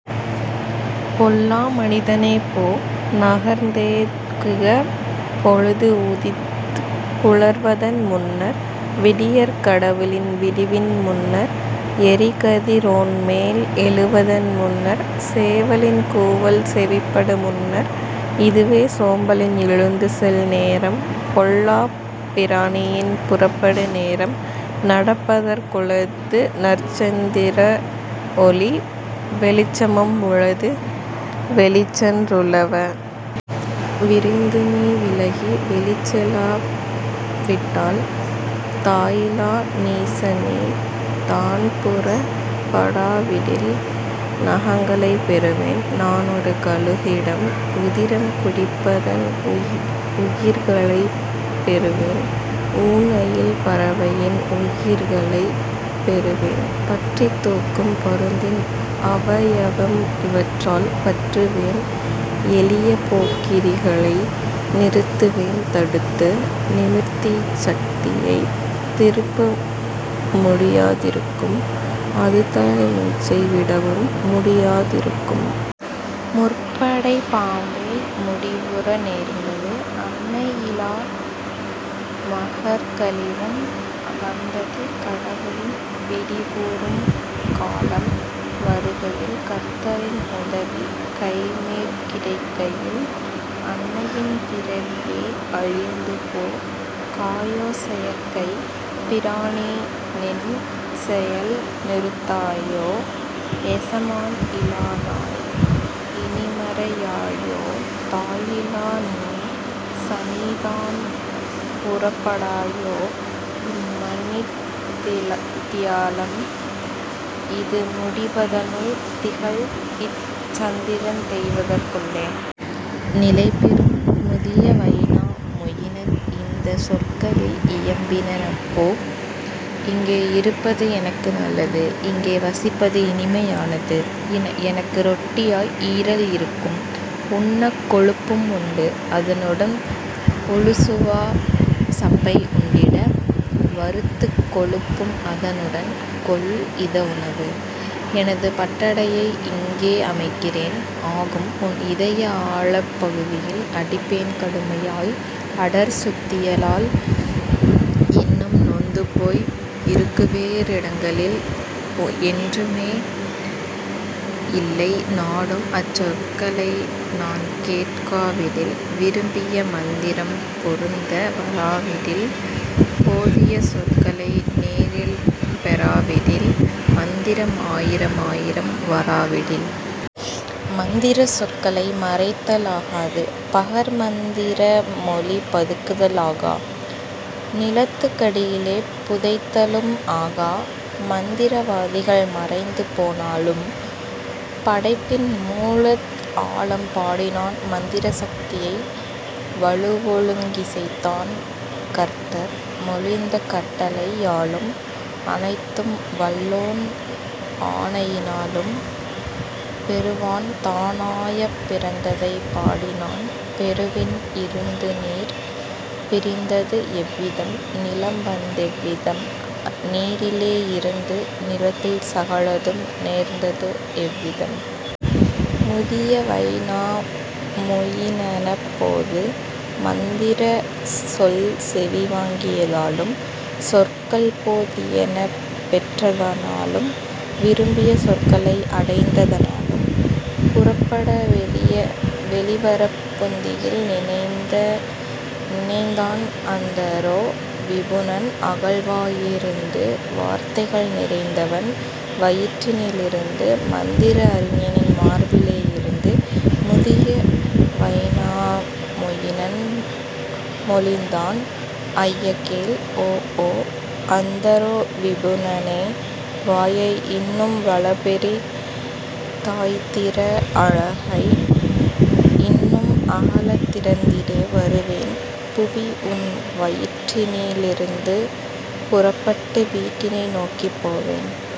பொல்லா மனிதனே போ நகர்ந் தேகுக பொழுது உதித்துப் புலர்வதன் முன்னர் விடியற் கடவுளின் விடிவின் முன்னர் எறிகதி ரோன்மேல் எழுவதன் முன்னர் சேவலின் கூவல் செவிப்படு முன்னர். இதுவே சோம்பலன் எழுந்துசெல் நேரம் பொல்லாப் பிராணியின் புறப்படு நேரம் நடப்பதற் குளது நற்சந் திரஒளி வெளிச்சமும் உளது வெளிச்சென் றுலவ. விரைந்துநீ விலகி வெளிச்செலா விட்டால் தாயிலா நீசநீ தான்புறப் படாவிடில் நகங்களைப் பெறுவேன் நான்ஒரு கழுகிடம் உதிரம் குடிப்பதன் உகிர்களைப் பெறுவேன் ஊன்அயில் பறவையின் உகிர்களைப் பெறுவேன் பற்றித் தூக்கும் பருந்தின் அவயவம் இவற்றால் பற்றுவேன் எளியபோக் கிரிகளை நிறுத்துவேன் தடுத்து நிமிர்தீச் சக்தியை திருப்ப முடியா திருக்கும் அதுதலை மூச்சை விடவும் முடியா திருக்கும். முற்படைப் பாம்பேய் முடிவுற நேர்ந்தது அன்னை யிலாமகற் கழிவும் வந்தது கடவுளின் விடிவுறும் காலம் வருகையில் கர்த்தரின் உதவி கைமேற் கிடைக்கையில் அன்னையின் பிறவியே அழிந்துபோ காயோ செயற்கைப் பிராணிநின் செயல்நிறுத் தாயோ எசமான் இலாநாய் இனிமறை யாயோ தாயிலா நீசநீ தான்புறப் படாயோ இம்மணித் தியாலம் இதுமுடி வதனுள் திகழ்இச் சந்திரன் தேய்வதற் குள்ளே. நிலைபெறும் முதிய வைனா மொயினன் இந்தச் சொற்களில் இயம்பின னப்போ இங்கே இருப்பது எனக்கு நல்லது இங்கே வசிப்பது இனிமை யானது எனக்கு ரொட்டியாய் ஈரல் இருக்கும் உண்ணக் கொழுப்பும் உண்டு அதனுடன் உளசுவா சப்பை உண்டிட வறுத்து கொழுப்பும் அதனுடன் கொள்இத உணவு. எனது பட்டடையை இங்கே அமைக்கிறேன் ஆகும்உன் இதய ஆழப் பகுதியில் அடிப்பேன் கடுமையாய் அடர்சுத் தியலால் இன்னும் நொந்துபோய் இருக்குவே றிடங்களில் என்றுமே விடுதலை இல்லை உனக்கு உன்வாழ் நாளில் என்றுமே யில்லை நாடும்அச் சொற்களை நான்கேட் காவிடில் விரும்பிய மந்திரம் பொருந்த வராவிடில் போதிய சொற்களை நேரிற் பெறாவிடில் மந்திரம் ஆயிரம் ஆயிரம் வராவிடில். மந்திரச் சொற்களை மறைத்தல்ஆ காது பகர்மந் திரமொழி பதுக்குதல் ஆகா நிலத்துக் கடியிலே புதைத்தலும் ஆகா மந்திர வாதிகள் மறைந்துபோ னாலும். படைப்பின் மூலத் ஆழம் பாடினான் மந்திர சக்தியை வலுவொழுங் கிசைத்தான் கர்த்தர் மொழிந்த கட்டளை யாலும் அனைத்தும் வல்லோன் ஆணையி னாலும் பெருவான் தானாயப் பிறந்ததைப் பாடினான் பெருவிண் இருந்துநீர் பிரிந்தது எவ்விதம் நிலம்வந் தெவ்விதம் நீரிலே யிருந்து நிலத்தில் சகலதும் நேர்ந்தது எவ்விதம். முதிய வைனா மொயினனப் போது மந்திரச் சொல்செவி வாங்கிய தாலும் சொற்கள்போ தியன பெற்றத னாலும் விரும்பிய சொற்களை அடைந்தத னாலும் புறப்பட வெளிவரப் புந்தியில் நினைந்தான் அந்தரோ விபுனன் அகல்வா யிருந்து வார்த்தைகள் நிறைந்தவன் வயிற்றினி லிருந்து மந்திர அறிஞனின் மார்பிலே யிருந்து. முதிய வைனா மொயினன் மொழிந்தான் ஐயகேள் ஓஓ அந்தரோ விபுனனே வாயை இன்னும் வலுபெரி தாய்த்திற அலகை இன்னும் அகலத் திறந்திடு வருவேன் புவிஉன் வயிற்றினி லிருந்து புறப்பட்டு வீட்டினை நோக்கிப் போவேன்.